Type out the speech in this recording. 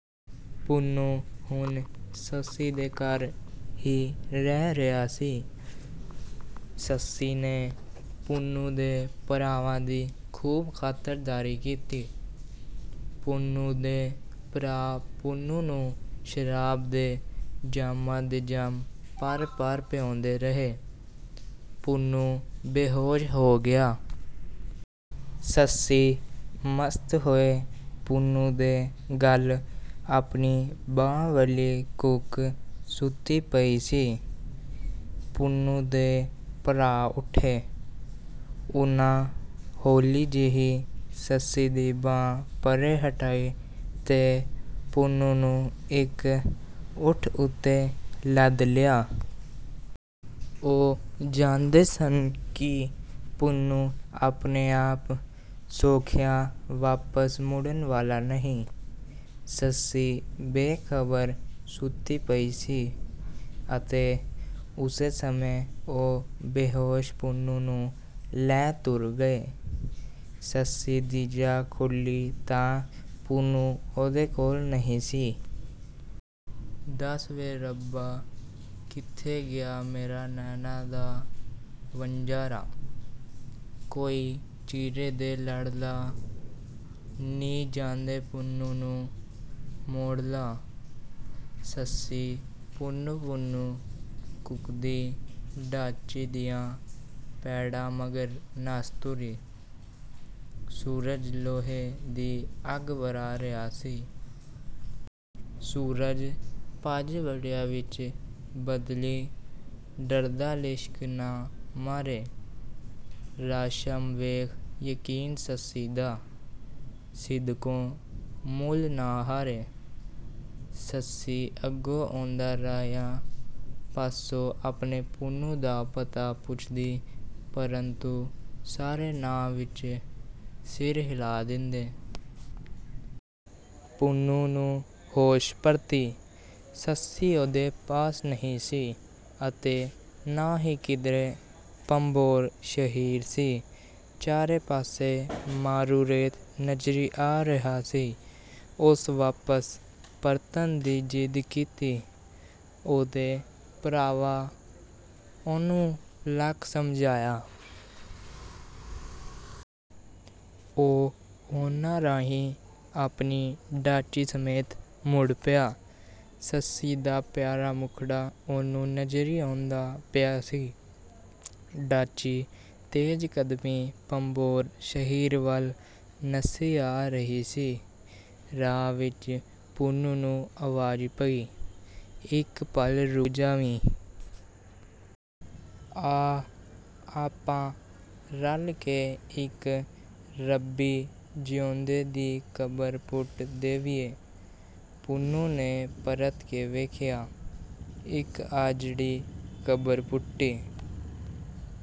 ਪੁੰਨੂੰ ਹੁਣ ਸੱਸੀ ਦੇ ਘਰ ਹੀ ਰਹਿ ਰਿਹਾ ਸੀ। ਸੱਸੀ ਨੇ ਪੁੰਨੂੰ ਦੇ ਭਰਾਵਾਂ ਦੀ ਖੂਬ ਖਾਤਰਦਾਰੀ ਕੀਤੀ। ਪੁੰਨੂੰ ਦੇ ਭਰਾ ਪੁੰਨੂੰ ਨੂੰ ਸ਼ਰਾਬ ਦੇ ਜਾਮਾਂ ਦੇ ਜਾਮ ਭਰ-ਭਰ ਪਿਆਉਂਦੇ ਰਹੇ। ਪੁੰਨੂੰ ਬੇਹੋਸ਼ ਹੋ ਗਿਆ। ਸੱਸੀ ਮਸਤ ਹੋਏ ਪੁੰਨੂੰ ਦੇ ਗਲ ਆਪਣੀ ਬਾਂਹ ਵਲੀ ਘੂਕ ਸੁੱਤੀ ਪਈ ਸੀ। ਪੁੰਨੂੰ ਦੇ ਭਰਾ ਉੱਠੇ। ਉਨ੍ਹਾਂ ਹੌਲੀ ਜਿਹੀ ਸੱਸੀ ਦੀ ਬਾਂਹ ਪਰ੍ਹੇ ਹਟਾਈ ਤੇ ਪੁੰਨੂੰ ਨੂੰ ਇੱਕ ਊਠ ਉੱਤੇ ਲੱਦ ਲਿਆ। ਉਹ ਜਾਣਦੇ ਸਨ ਕਿ ਪੁੰਨੂੰ ਆਪਣੇ ਆਪ ਸੌਖਿਆਂ ਵਾਪਸ ਮੁੜਨ ਵਾਲਾ ਨਹੀਂ। ਸੱਸੀ ਬੇਖ਼ਬਰ ਸੁੱਤੀ ਪਈ ਸੀ ਅਤੇ ਉਸੇ ਸਮੇਂ ਉਹ ਬੇਹੋਸ਼ ਪੁੰਨੂੰ ਨੂੰ ਲੈ ਤੁਰ ਗਏ। ਸੱਸੀ ਦੀ ਜਾਗ ਖੁੱਲ੍ਹੀ ਤਾਂ ਪੁੰਨੂੰ ਉਹਦੇ ਕੋਲ ਨਹੀਂ ਸੀ। ਦਸ ਵੇ ਰੱਬਾ, ਕਿੱਥੇ ਗਿਆ ਮੇਰੇ ਨੈਣਾਂ ਦਾ ਵਣਜਾਰਾ। ਕੋਈ ਚੀਰੇ ਦੇ ਲੜ ਲਾ, ਨੀ ਜਾਂਦੇ ਪੁੰਨੂੰ ਨੂੰ ਮੋੜ ਲਾ। ਸੱਸੀ ਪੁੰਨੂੰ ਪੁੰਨੂੰ ਕੂਕਦੀ ਡਾਚੀ ਦੀਆਂ ਪੈੜਾਂ ਮਗਰ ਨੱਸ ਤੁਰੀ। ਸੂਰਜ ਲੋਹੇ ਦੀ ਅੱਗ ਵਰ੍ਹਾ ਰਿਹਾ ਸੀ। ਸੂਰਜ ਭੱਜ ਵੜਿਆ ਵਿੱਚ ਬੱਦਲੀਂ, ਡਰਦਾ ਲਿਸ਼ਕ ਨਾ ਮਾਰੇ। ਹਾਸ਼ਮ ਵੇਖ ਯਕੀਨ ਸੱਸੀ ਦਾ, ਸਿਦਕੋਂ ਮੂਲ ਨਾ ਹਾਰੇ। ਸੱਸੀ ਅੱਗੋਂ ਆਉਂਦੇ ਰਾਹੀਆਂ ਪਾਸੋਂ ਆਪਣੇ ਪੁੰਨੂੰ ਦਾ ਪਤਾ ਪੁੱਛਦੀ, ਪ੍ਰੰਤੂ ਸਾਰੇ ਨਾਂਹ ਵਿੱਚ ਸਿਰ ਹਿਲਾ ਦਿੰਦੇ। ਪੁੰਨੂੰ ਨੂੰ ਹੋਸ਼ ਪਰਤੀ। ਸੱਸੀ ਉਹਦੇ ਪਾਸ ਨਹੀਂ ਸੀ ਅਤੇ ਨਾ ਹੀ ਕਿਧਰੇ ਭੰਬੋਰ ਸ਼ਹਿਰ ਸੀ। ਚਾਰੇ ਪਾਸੇ ਮਾਰੂ ਰੇਤ ਨਜ਼ਰੀਂ ਆ ਰਿਹਾ ਸੀ। ਉਸ ਵਾਪਸ ਪਰਤਣ ਦੀ ਜ਼ਿੱਦ ਕੀਤੀ। ਉਹਦੇ ਭਰਾਵਾਂ ਉਹਨੂੰ ਲੱਖ ਸਮਝਾਇਆ। ਉਹ ਉਨ੍ਹਾਂ ਰਾਹੀਂ ਆਪਣੀ ਡਾਚੀ ਸਮੇਤ ਮੁੜ ਪਿਆ। ਸੱਸੀ ਦਾ ਪਿਆਰਾ ਮੁਖੜਾ ਉਹਨੂੰ ਨਜ਼ਰੀਂ ਆਉਂਦਾ ਪਿਆ ਸੀ। ਡਾਚੀ ਤੇਜ਼ ਕਦਮੀਂ ਭੰਬੋਰ ਸ਼ਹਿਰ ਵੱਲ ਨੱਸੀ ਆ ਰਹੀ ਸੀ। ਰਾਹ ਵਿੱਚ ਪੁੰਨੂੰ ਨੂੰ ਆਵਾਜ਼ ਪਈ - ਇੱਕ ਪਲ ਰੁਕ ਜਾਵੀਂ। ਆ, ਆਪਾਂ ਰਲ ਕੇ ਇੱਕ ਰੱਬੀ ਜੀਉਂਦੇ ਦੀ ਕਬਰ ਪੁੱਟ ਦੇਵੀਏ। ਪੁੰਨੂੰ ਨੇ ਪਰਤ ਕੇ ਵੇਖਿਆ, ਇੱਕ ਆਜੜੀ ਕਬਰ ਪੁੱਟੀ